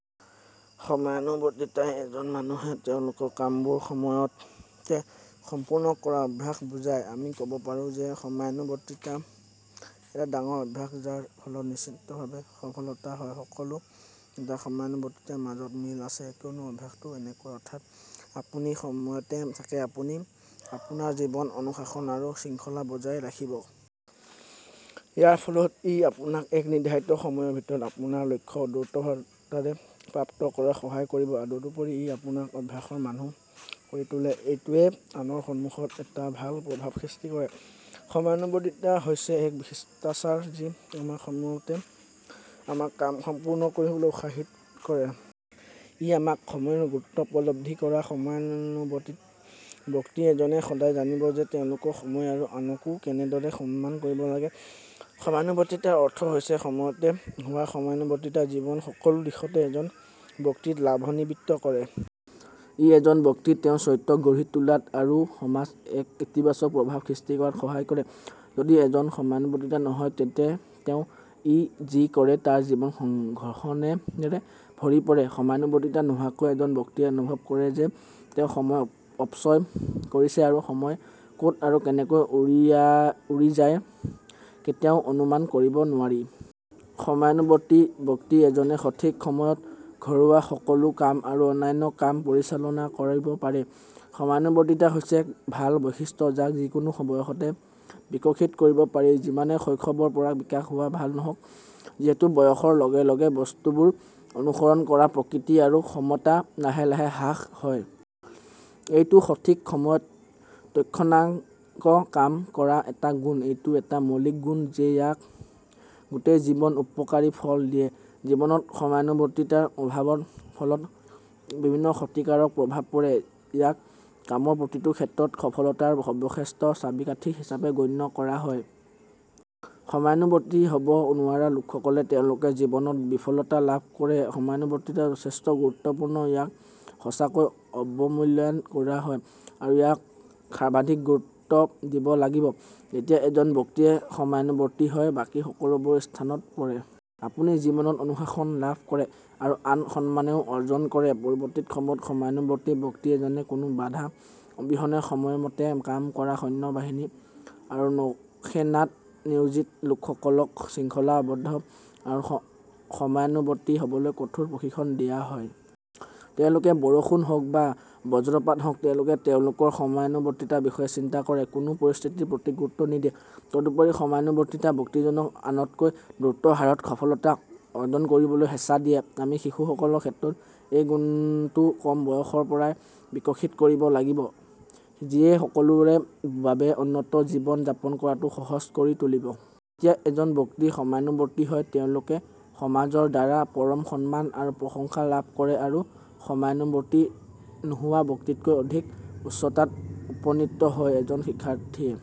সময়ানুৱৰ্তীতাই এজন মানুহে তেওঁলোকৰ কামবোৰ সময়মতে সম্পূৰ্ণ কৰাৰ অভ্যাসক বুজায়। আমি ক'ব পাৰোঁ যে সময়ানুৱৰ্তীতা এটা ডাঙৰ অভ্যাস যাৰ ফলত নিশ্চিতভাৱে সফলতা হয়। সকলো নেতাৰ সময়ানুৱৰ্তীতাৰ মাজত মিল আছে কিয়নো অভ্যাসটো এনেকুৱা। অৰ্থাৎ, যেতিয়া আপুনি সময়মতে থাকে, আপুনি আপোনাৰ জীৱনৰ অনুশাসন আৰু শৃংখলা বজাই ৰাখিব। ইয়াৰ ফলত, ই আপোনাক এক নিৰ্ধাৰিত সময়ৰ ভিতৰত আপোনাৰ লক্ষ্য দ্ৰুততাৰে প্ৰাপ্ত কৰাত সহায় কৰিব। তদুপৰি, ই আপোনাক অভ্যাসৰ মানুহ কৰি তোলে। এইটোৱে আনৰ সন্মুখত এটা ভাল প্ৰভাৱ সৃষ্টি কৰে। সময়ানুৱৰ্তীতা হৈছে এক শিষ্টাচাৰ যি আমাক সময়মতে আমাৰ কাম সম্পূৰ্ণ কৰিবলৈ উৎসাহিত কৰে। ই আমাক সময়ৰ গুৰুত্ব উপলব্ধি কৰায়। সময়ানুৱৰ্তী ব্যক্তি এজনে সদায় জানিব যে তেওঁলোকৰ সময় আৰু আনকো কেনেদৰে সন্মান কৰিব লাগে। সময়ানুৱৰ্তীতাৰ অৰ্থ হৈছে সময়মতে হোৱা। সময়ানুৱৰ্তীতাই জীৱনৰ সকলো দিশতে এজন ব্যক্তিক লাভান্বিত কৰে। ই এজন ব্যক্তিক তেওঁৰ চৰিত্ৰ গঢ়ি তোলাত আৰু সমাজত এক ইতিবাচক প্ৰভাৱ সৃষ্টি কৰাত সহায় কৰে। যদি এজন সময়ানুৱৰ্তী নহয়, তেন্তে তেওঁ াই যি কৰে তাৰ জীৱন ঘৰ্ষণেৰে ভৰি পৰে। সময়ানুৱৰ্তী নোহোৱাকৈ, এজন ব্যক্তিয়ে অনুভৱ কৰে যে তেওঁ সময় অপচয় কৰিছে আৰু সময় ক'ত আৰু কেনেকৈ উৰিযায়, কেতিয়াও অনুমান কৰিব নোৱাৰি। সময়ানুৱৰ্তী ব্যক্তি এজনে সঠিক সময়ত ঘৰুৱা সকলো কাম আৰু অন্যান্য কাম পৰিচালনা কৰিব পাৰে। সময়ানুৱৰ্তীতা হৈছে এক ভাল বৈশিষ্ট্য যাক যিকোনো বয়সতে বিকশিত কৰিব পাৰি যিমানেই শৈশৱৰ পৰা বিকাশ হোৱা ভাল নহওঁক; যিহেতু বয়সৰ লগে লগে বস্তুবোৰ অনুসৰণ কৰাৰ প্ৰকৃতি আৰু ক্ষমতা লাহে লাহে হ্ৰাস হয়। এইটো সঠিক সময়ত তৎক্ষণাৎ কাম কৰাৰ এটা গুণ। এইটো এটা মৌলিক গুণ যিয়ে ইয়াক গোটেই জীৱন উপকাৰী ফল দিয়ে। জীৱনত সময়ানুৱৰ্তীতাৰ অভাৱৰ ফলত বিভিন্ন ক্ষতিকাৰক প্ৰভাৱ পৰে। ইয়াক কামৰ প্ৰতিটো ক্ষেত্ৰত সফলতাৰ সৰ্বশ্ৰেষ্ঠ চাবিকাঠি হিচাপে গণ্য কৰা হয়। সময়ানুৱৰ্তী হ'ব নোৱাৰা লোকসকলে তেওঁলোকৰ জীৱনত বিফলতা লাভ কৰে। সময়ানুৱৰ্তীতা যথেষ্ট গুৰুত্বপূৰ্ণ, ইয়াক সঁচাকৈয়ে অৱমূল্যায়ন কৰা হয় আৰু ইয়াক সৰ্বাধিক গুৰুত্ব দিব লাগিব। যেতিয়া এজন ব্যক্তি সময়ানুৱৰ্তী হয়, বাকী সকলো বোৰ স্থানত পৰে। আপুনি জীৱনত অনুশাসন লাভ কৰে আৰু আনৰ সন্মানও অৰ্জন কৰে। পৰৱৰ্তী সময়ত, সময়ানুৱৰ্তী ব্যক্তি এজনে কোনো বাধা অবিহনে সময়মতে কাম কৰে। সৈন্য বাহিনী আৰু নৌসেনাত নিয়োজিত লোকসকলক শৃংখলাবদ্ধ আৰু সময়ানুৱৰ্তী হ'বলৈ কঠোৰ প্ৰশিক্ষণ দিয়া হয়। তেওঁলোকে বৰষুণ হওঁক বা বজ্ৰপাত হওঁক, তেওঁলোকে তেওঁলোকৰ সময়ানুৱৰ্তীতাৰ বিষয়ে চিন্তা কৰা কোনো পৰিস্থিতিৰ প্ৰতি গুৰুত্ব নিদিয়ে। তদুপৰি, সময়ানুৱৰ্তীতাই ব্যক্তিজনক আনতকৈ দ্ৰুত হাৰত সফলতা অৰ্জন কৰিবলৈ হেঁচা দিয়ে। আমি শিশুসকলৰ ক্ষেত্ৰত এই গুণটো কম বয়সৰ পৰাই বিকশিত কৰিব লাগিব যিয়ে সকলোৰে বাবে উন্নত জীৱন যাপন কৰাটো সহজ কৰি তুলিব। যেতিয়া এজন ব্যক্তি সময়ানুৱৰ্তী হয়, তেওঁলোকে সমাজৰ দ্বাৰা পৰম সন্মান আৰু প্ৰশংসা লাভ কৰে আৰু সময়ানুৱৰ্তী নোহোৱা ব্যক্তিতকৈ অধিক উচ্চতাত উপনীত হয়। এজন শিক্ষাৰ্থীয়ে